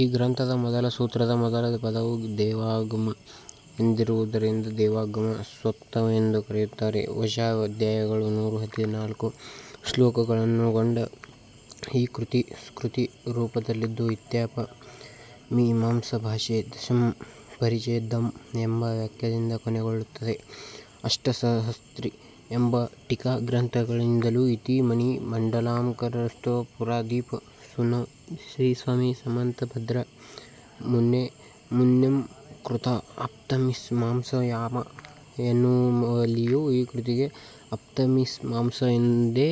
ಈ ಗ್ರಂಥದ ಮೊದಲ ಸೂತ್ರದ ಮೊದಲ ಪದವು 'ದೇವಾಗಮ ಎಂದಿರುವುದರಿಂದ 'ದೇವಾಗಮ ಸ್ತೋತ್ರ ವೆಂದು ಕರೆಯುತ್ತಾರೆ. ದಶಾಧ್ಯಾಯಗಳು ನೂರ ಹದಿನಾಲ್ಕು ಶ್ಲೋಕಗಳನ್ನೊಳಗೊಂಡ ಈ ಕೃತಿ ಸ್ತುತಿ ರೂಪದಲ್ಲಿದ್ದು ಇತ್ಯಾಪ್ತ ಮೀಮಾಂಸಾ ಭಾಷ್ಯೇ ದಶಮಃ ಪರಿಚ್ಛೇದಃ ಎಂಬ ವಾಕ್ಯದಿಂದ ಕೊನೆಗೊಳ್ಳುತ್ತದೆ. ಅಷ್ಟಸಹಸ್ರಿ ಎಂಬ ಟೀಕಾಗ್ರಂಥದಲ್ಲಿಯೂ ಇತಿ ಮಣಿ ಮಂಡಲಾಲಂಕಾರವಸ್ಸೋರಗ ಪುರಾದೀಪ ಸೂನೋಃ ಶ್ರೀ ಸ್ವಾಮಿ ಸಮಂತಭದ್ರ ಮುನೇಃ ಕೃತಾ ಅಪ್ತಮಿಮಾಂಸಾಯಾಮ್ ಎನ್ನುವಲ್ಲಿಯೂ ಈ ಕೃತಿಗೆ ಅಪ್ತಮಿಮಾಂಸಾ ಎಂದೇ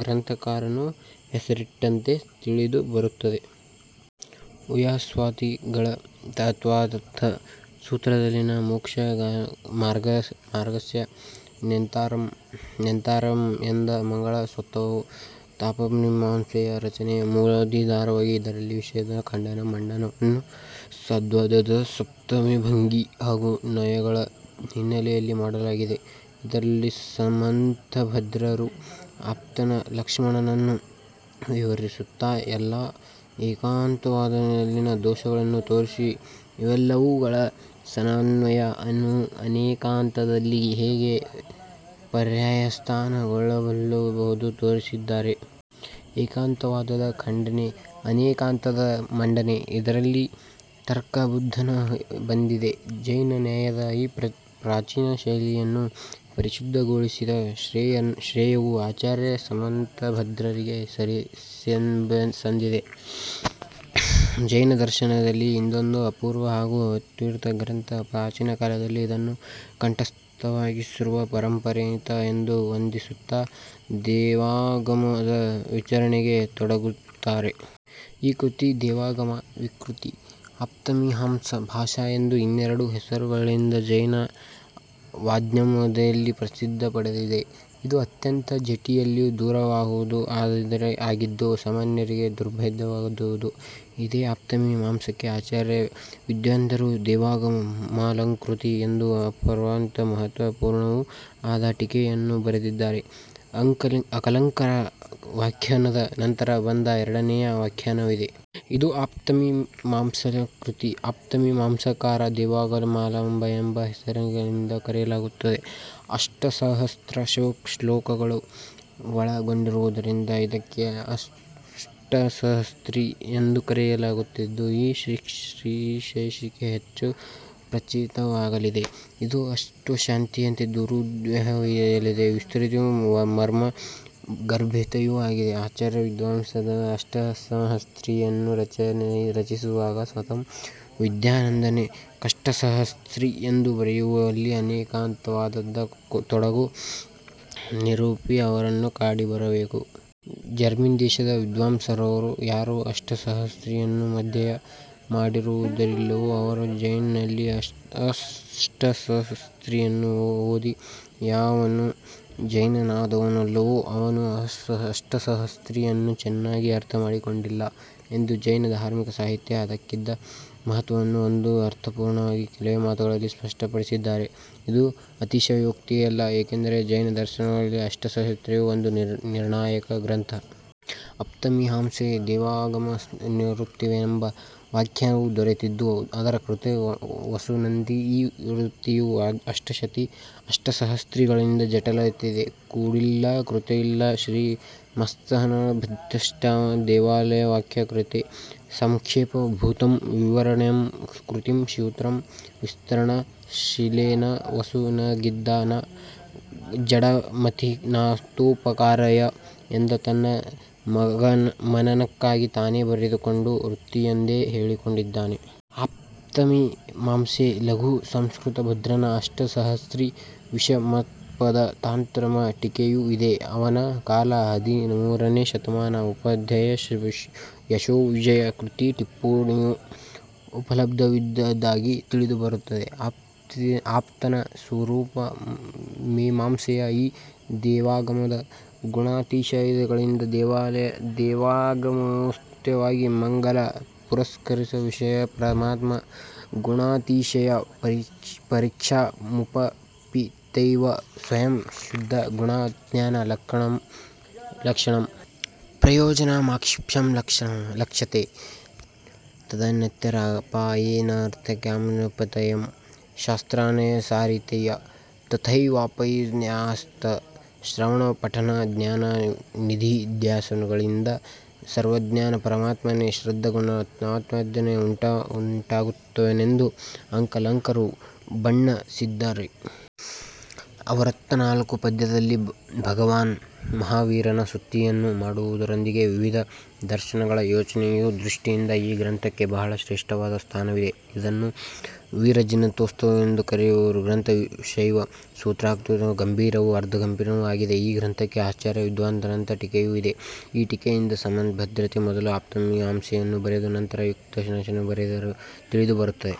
ಗ್ರಂಥಕಾರನು ಹೆಸರಿಟ್ಟಂತೆ ತಿಳಿದುಬರುತ್ತದೆ. ಉಮಾಸ್ವಾತಿಗಳ ತತ್ತ್ವಾರ್ಥ ಸೂತ್ರದಲ್ಲಿನ ಮೋಕ್ಷ ಮಾರ್ಗಸ್ಯ ನೇತಾರಂ ಎಂಬ ಮಂಗಳ ಸ್ತ್ರೋತ್ರವು ಆಪ್ರಮೀಮಾಂಸೆಯ ರಚನೆಗೆ ಮೂಲಾಧಾರವಾಗಿದೆ. ಇದರಲ್ಲಿ ವಿಷಯದ ಖಂಡನ ಮಂಡನವನ್ನು ಸ್ಯಾದ್ವಾದದ ಸಪ್ತಭಂಗಿ ಹಾಗೂ ನಯಗಳ ಹಿನ್ನೆಲೆಯಲ್ಲಿ ಮಾಡಲಾಗಿದೆ. ಇದರಲ್ಲಿ ಸಮಂತಭದ್ರರು ಆಪ್ತನ ಲಕ್ಷಣಗಳನ್ನು ವಿವರಿಸುತ್ತಾ ಎಲ್ಲಾ ಏಕಾಂತವಾದಗಳಲ್ಲಿನ ದೋಷಗಳನ್ನು ತೋರಿಸಿ ಇವೆಲ್ಲವುಗಳ ಸಮನ್ವಯ ಅನೇಕಾಂತವಾದದಲ್ಲಿ ಹೇಗೆ ಪರ್ಯಾವಸಾನ ಗೊಳ್ಳಬಲ್ಲದೆಂಬುದನ್ನು ತೋರಿಸಿದ್ದಾರೆ. ಏಕಾಂತವಾದದ ಖಂಡನೆ, ಅನೇಕಾಂತವಾದದ ಮಂಡನೆ ಇದರಲ್ಲಿ ತರ್ಕಬದ್ಧವಾಗಿ ಬಂದಿದೆ. ಜೈನ ನ್ಯಾಯದ ಈ ಪ್ರಾಚೀನ ಶೈಲಿಯನ್ನು ಪರಿಪುಷ್ಠ ಗೊಳಿಸಿದ ಶ್ರೇಯವು ಆಚಾರ್ಯ ಸಮಂತಭದ್ರರಿಗೆ ಸಂದಿದೆ. ಜೈನದರ್ಶನದಲ್ಲಿ ಇದೊಂದು ಅಪೂರ್ವ ಹಾಗೂ ಅದ್ವಿತೀಯ ಗ್ರಂಥ. ಪ್ರಾಚೀನ ಕಾಲದಲ್ಲಿ ಇದನ್ನು ಕಂಠಸ್ಥವಾಗಿಸುವ ಪರಂಪರೆಯಿತ್ತು. ಎಂದು ವಂದಿಸುತ್ತಾ ದೇವಾಗಮದ ವಿವರಣೆಗೆ ತೊಡಗುತ್ತಾರೆ. ಈ ಕೃತಿ ದೇವಾಗಮ ವಿವೃತಿ ಆಪ್ತಮೀಮಾಂಸ ಭಾಷ್ಯ ಎಂಬ ಇನ್ನೆರಡು ಹೆಸರುಗಳಿಂದಲೂ ಜೈನ ವಾಙ್ಮಯದಲ್ಲಿ ಪ್ರಸಿದ್ಧಿ ಪಡೆದಿದೆ. ಇದು ಅತ್ಯಂತ ಜಟಿಲವೂ ದುರವಗಾಹವೂ ಆಗಿದ್ದು ಸಾಮಾನ್ಯರಿಗೆ ದುರ್ಭೇಧ್ಯವಾದುದು. ಇದೇ ಆಪ್ತಮಿಮಾಂಸೆಗೆ ಆಚಾರ್ಯ ವಿದ್ಯಾನಂದರು ದೇವಾಗಮಾಲಂಕೃತಿ ಎಂಬ ಅಪೂರ್ವವೂ ಮಹತ್ತ್ವಪೂರ್ಣವೂ ಆದ ಟೀಕೆಯನ್ನು ಬರೆದಿದ್ದಾರೆ. ಅಕಲಂಕರ ವ್ಯಾಖ್ಯಾನದ ನಂತರ ಬಂದ ಎರಡನೆಯ ವ್ಯಾಖ್ಯಾನವಿದು. ಇದು ಆಪ್ತಮಿಮಾಂಸಾಲಂಕೃತಿ ಆಪ್ತಮಿಮಾಂಸಾಲಂಕಾರ ದೇವಾಗಮಾಲಂಕಾರ ಎಂಬ ಹೆಸರುಗಳಿಂದಲೂ ಕರೆಯಲಾಗುತ್ತದೆ. ಅಷ್ಟಸಹಸ್ರ ಶ್ಲೋಕಗಳನ್ನು ಒಳಗೊಂಡಿರುವುದರಿಂದ ಇದಕ್ಕೆ ಅಷ್ಟಸಹಸ್ರಿ ಎಂದೂ ಕರೆಯಲಾಗುತ್ತಿದ್ದು, ಈ ಶೀರ್ಷಿಕೆಯೇ ಹೆಚ್ಚು ಪ್ರಚಲಿತದಲ್ಲಿದೆ. ಇದು ಅಷ್ಟಶತಿಯಂತೆ ದುರೂಹ್ಯವಲ್ಲದೆ ವಿಸ್ತೃತವೂ ಮರ್ಮ ಗರ್ಭಿತವೂ ಆಗಿದೆ. ಆಚಾರ್ಯ ವಿದ್ಯಾನಂದರು ಅಷ್ಟಸಹಸ್ರೀಯನ್ನು ರಚಿಸುವಾಗ ಸ್ವತಃ ವಿದ್ಯಾನಂದರೆ 'ಕಷ್ಟಸಹಸ್ರಿ ಎಂದು ಬರೆಯುವಲ್ಲಿ ಅನೇಕಾಂತವಾದದ ತೊಡಕು- ನಿರೂಪಣೆ ಅವರನ್ನು ಕಾಡಿರಬೇಕು. ಜರ್ಮನ್ ದೇಶದ ವಿದ್ವಾಂಸರೊಬ್ಬರು ಯಾರು ಅಷ್ಟಸಹಸ್ರಿಯನ್ನು ಅಧ್ಯಯನ ಮಾಡಿರುವುದಿಲ್ಲವೋ ಅವನು ಜೈನನಲ್ಲ. ಅಷ್ಟಸಹಸ್ರಿಯನ್ನು ಓದಿ ಯಾವನು ಜೈನನಾಗುವುದಿಲ್ಲವೋ ಅವನು ಅಷ್ಟಸಹಸ್ರಿಯನ್ನು ಚೆನ್ನಾಗಿ ಅರ್ಥಮಾಡಿಕೊಂಡಿಲ್ಲ ಎಂದು ಜೈನ ಧಾರ್ಮಿಕ ಸಾಹಿತ್ಯದಲ್ಲಿ ಅದಕ್ಕಿದ್ದ ಮಹತ್ವವನ್ನು ಬಹು ಅರ್ಥಪೂರ್ಣವಾಗಿ ಕೆಲವೇ ಮಾತುಗಳಲ್ಲಿ ಸ್ಪಷ್ಟಪಡಿಸಿದ್ದಾರೆ. ಇದು ಅತಿಶಯೋಕ್ತಿಯಲ್ಲ. ಏಕೆಂದರೆ ಜೈನ ದರ್ಶನಶಾಸ್ತ್ರಗಳಲ್ಲಿ ಅಷ್ಟಸಹಸ್ರಿಯು ಒಂದು ನಿರ್ಣಾಯಕ ಗ್ರಂಥ. ಆಪ್ತಮಿಮಾಂಸೆಗೆ ದೇವಾಗಮವೃತ್ತಿಯೆಂಬ ವ್ಯಾಖ್ಯಾನವೂ ದೊರೆತಿದ್ದು ಅದರ ಕರ್ತೃ ವಸುನಂದಿ. ಈ ವೃತ್ತಿಯು ಅಷ್ಟಶತಿ ಅಷ್ಟಸಹಸ್ರಿಗಳಂತೆ ಜಟಲತೆಯಿಂದ ಕೂಡಿಲ್ಲ. ಕರ್ತೃವೇ ಶ್ರೀ ಮತ್ಸಮನ್ತಭದ್ರಾಚಾರ್ಯಸ್ಯ ದೇವಾಗಮಾಖ್ಯಾಯಾಃ ಕೃತೇ ಸಂಕ್ಷೇಪಭೂತಂ ವಿವರಣಂ ಕೃತಂ ಶ್ರುತ ವಿಸ್ಮರಣ ಶೀಲೇನ ವಸುನನ್ದಿನಾ ಜಡಮತಿನಾತ್ಮೋಪಕಾರಾಯ ಎಂದು ತನ್ನ ಮನನಕ್ಕಾಗಿ ತಾನೇ ಬರೆದುಕೊಂಡ ವೃತ್ತಿಯೆಂದು ಹೇಳಿಕೊಂಡಿದ್ದಾನೆ. ಆಪ್ತಮಿಮಾಂಸೆಗೆ ಲಘು ಸಮಂತಭದ್ರನ ಅಷ್ಟ ಸಹಸ್ರೀ ವಿಷಮಪದ ತಾತ್ಪರ್ಯ ಟೀಕೆಯೂ ಇದೆ. ಇವನ ಕಾಲ ಹದಿಮೂರನೇ ಶತಮಾನ. ಉಪಾಧ್ಯಾಯ ಯಶೋವಿಜಯ ಕೃತ ಟಿಪ್ಪಣಿಯೂ ಉಪಲಬ್ಧವಿದ್ದುದಾಗಿ ತಿಳಿದು ಬರುತ್ತದೆ. ಆಪ್ತನ ಸ್ವರೂಪ ಮಿಮಾಂಸೆಯ ಈ ದೇವಾಗಮದ ಗುಣಾತಿಶಯದಿಂದ ದೇವಾಗಮಮೇತ್ಯಾದಿ ಮಂಗಲ ಪುರಸ್ಸರಸ್ತವವಿಷಯಪರಮಾತ್ಮ ಗುಣಾತಿಶಯ ಪರೀಕ್ಷಾ ಮುಪಕ್ಷಿಪತೈವ ಸ್ವಯಂ ಶ್ರದ್ಧಾ ಗುಣಜ್ಞತಾ ಲಕ್ಷಣಂ ಪ್ರಯೋಜನಮಾಕ್ಷಿಪ್ತಂ ಲಕ್ಷ್ಯತೇ; ತದನ್ಯತರಾಪಾಯೇನರ್ಥಕ್ಯಾನುಪಪತ್ತೇಃ ಶಾಸ್ತ್ರನ್ಯಾಯಾನುಸಾರಿತಯಾ ತಥೈವೋಪನ್ಯಾಸಾತ್ - ಶ್ರವಣ-ಪಠಣ-ಧ್ಯಾನ-ನಿದಿಧ್ಯಾಸನಾದಿಗಳಿಂದ ಸರ್ವಜ್ಞನಾದ ಪರಮಾತ್ಮನಲ್ಲಿ ಶ್ರದ್ಧಾ ಗುಣಜ್ಞತಾದಿಗಳೆರಡೂ ಉಂಟಾಗುತ್ತವೆಂದು ಅಕಲಂಕರು ಬಣ್ಣಿಸಿದ್ದಾರೆ. ಅರವತ್ನಾಲ್ಕು ಪದ್ಯಗಳಲ್ಲಿ ಭಗವಾನ ಮಹಾವೀರನ ಸ್ತುತಿಯನ್ನು ಮಾಡುವುದರೊಂದಿಗೆ ವಿವಿಧ ದರ್ಶನಗಳ ವಿವೇಚನೆಯಿದೆ. ದೃಷ್ಟಿಯಿಂದ ಈ ಗ್ರಂಥಕ್ಕೆ ಬಹಳ ಶ್ರೇಷ್ಠವಾದ ಸ್ಥಾನವಿದೆ. ಇದನ್ನು 'ವೀರಜಿನಸ್ತೋತ್ರವೆಂದೂ ಕರೆಯುವರು. ಗ್ರಂಥ ಶೈಲಿ ಸೂತ್ರಾತ್ಮಕವೂ, ಗಂಭೀರವೂ, ಅರ್ಥಗರ್ಭಿತವೂ ಆಗಿದ್ದು ಈ ಗ್ರಂಥಕ್ಕೆ ಅಚಾರ್ಯ ವಿದ್ಯಾನಂದರ ಟೀಕೆಯೂ ಇದೆ. ಈ ಟೀಕೆಯಿಂದ ಸಮಂತಭದ್ರರು ಮೊದಲು ಆಪ್ತಮಿಮಾಂಸೆಯನ್ನು ಬರೆದು, ನಂತರ ಯುಕ್ತ್ಯನುಶಾಸನವನ್ನು ಬರೆದರೆಂದು ತಿಳಿದು ಬರುತ್ತದೆ.